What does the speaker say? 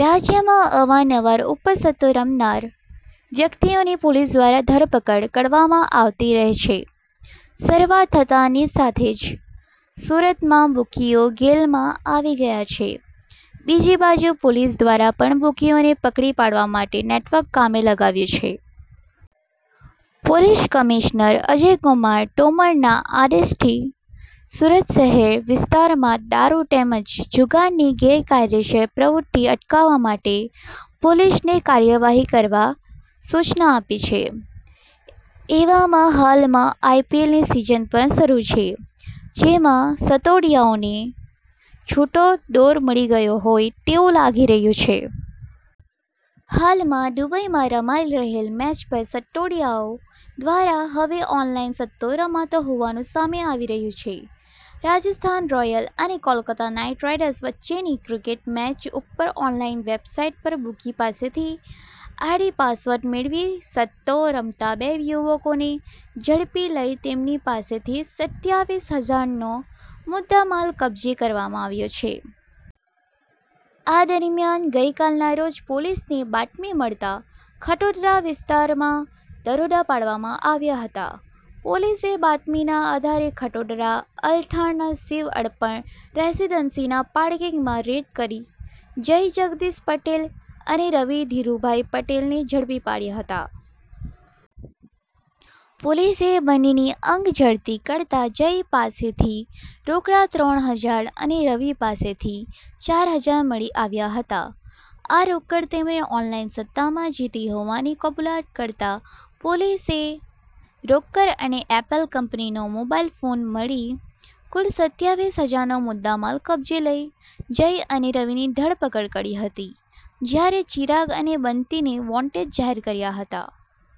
રાજ્યમાં અવાર-નવાર ઉપર સટ્ટો રમનાર વ્યક્તિને પોલીસ દ્વારા ધરપકડ કરવામાં આવતી રહે છે. શરુઆત થતાંની સાથે જ સુરતમાં બુકીઓ ગેલમાં આવી ગયા છે. બીજી બાજુ પોલીસ દ્વારા પણ બુકીઓને પકડી પાડવા માટે નેટવર્ક કામે લગાવ્યુ છે. પોલીસ કમિશનર અજયકુમાર તોમરના આદેશથી સુરત શહેર વિસ્તારમાં દારૂ તેમજ જુગારની ગેરકાયદેસર પ્રવૃત્તિ અટકાવવા માટે પોલીસને કાર્યવાહી કરવા સૂચના આપી છે. એવામાં હાલમાં આઈપીએલની સિઝન પણ શરૂ છે. જેમાં સટોડિયાઓને છૂટો દોર મળી ગયો હોય તેવું લાગી રહ્યું છે. હાલમાં દુબઈમાં રમાઈ રહેલ મેચ પર સટ્ટોડિયાઓ દ્વારા હવે ઓનલાઈન સટ્ટો રમાતો હોવાનું સામે આવી રહ્યું છે. રાજસ્થાન રોયલ અને કોલકત્તા નાઇટ રાઇડર્સ વચ્ચેની ક્રિકેટ મેચ ઉપર ઓનલાઇન વેબસાઇટ પર બુકી પાસેથી આઇડી-પાસવર્ડ મેળવી સટ્ટો રમતા બે યુવકોને ઝડપી લઈ તેમની પાસેથી સત્યાવીસ હજારનો મુદ્દામાલ કબ્જે કરવામાં આવ્યો છે. આ દરમ્યાન ગઈકાલના રોજ પોલીસને બાતમી મળતા ખટોદરા વિસ્તારમાં દરોડા પાડવામાં આવ્યા હતા. પોલીસે બાતમીના આધારે ખટોદરા અલથાણના શીવ અર્પણ રેસીડન્સીના પાર્કિંગમાં રેડ કરી જય જગદીશ પટેલ અને રવિ ધીરૂભાઇ પટેલ ને ઝડપી પાડયા હતા. પોલીસે બંનેની અંગ જડતી કરતા જય પાસેથી રોકડા ત્રણ હજાર અને રવિ પાસેથી ચાર હજાર મળી આવ્યા હતા. આ રોકડ તેમણે ઓનલાઇન સટ્ટામાં જીતી હોવાની કબૂલાત કરતા પોલીસે રોકડ અને એપલ કંપનીનો મોબાઇલ ફોન મળી કુલ સત્યાવીસ હજારનો મુદ્દામાલ કબ્જે લઇ જય અને રવિની ધરપકડ કરી હતી. જયારે ચિરાગ અને બંટીને વોન્ટેડ જાહેર કર્યા હતા.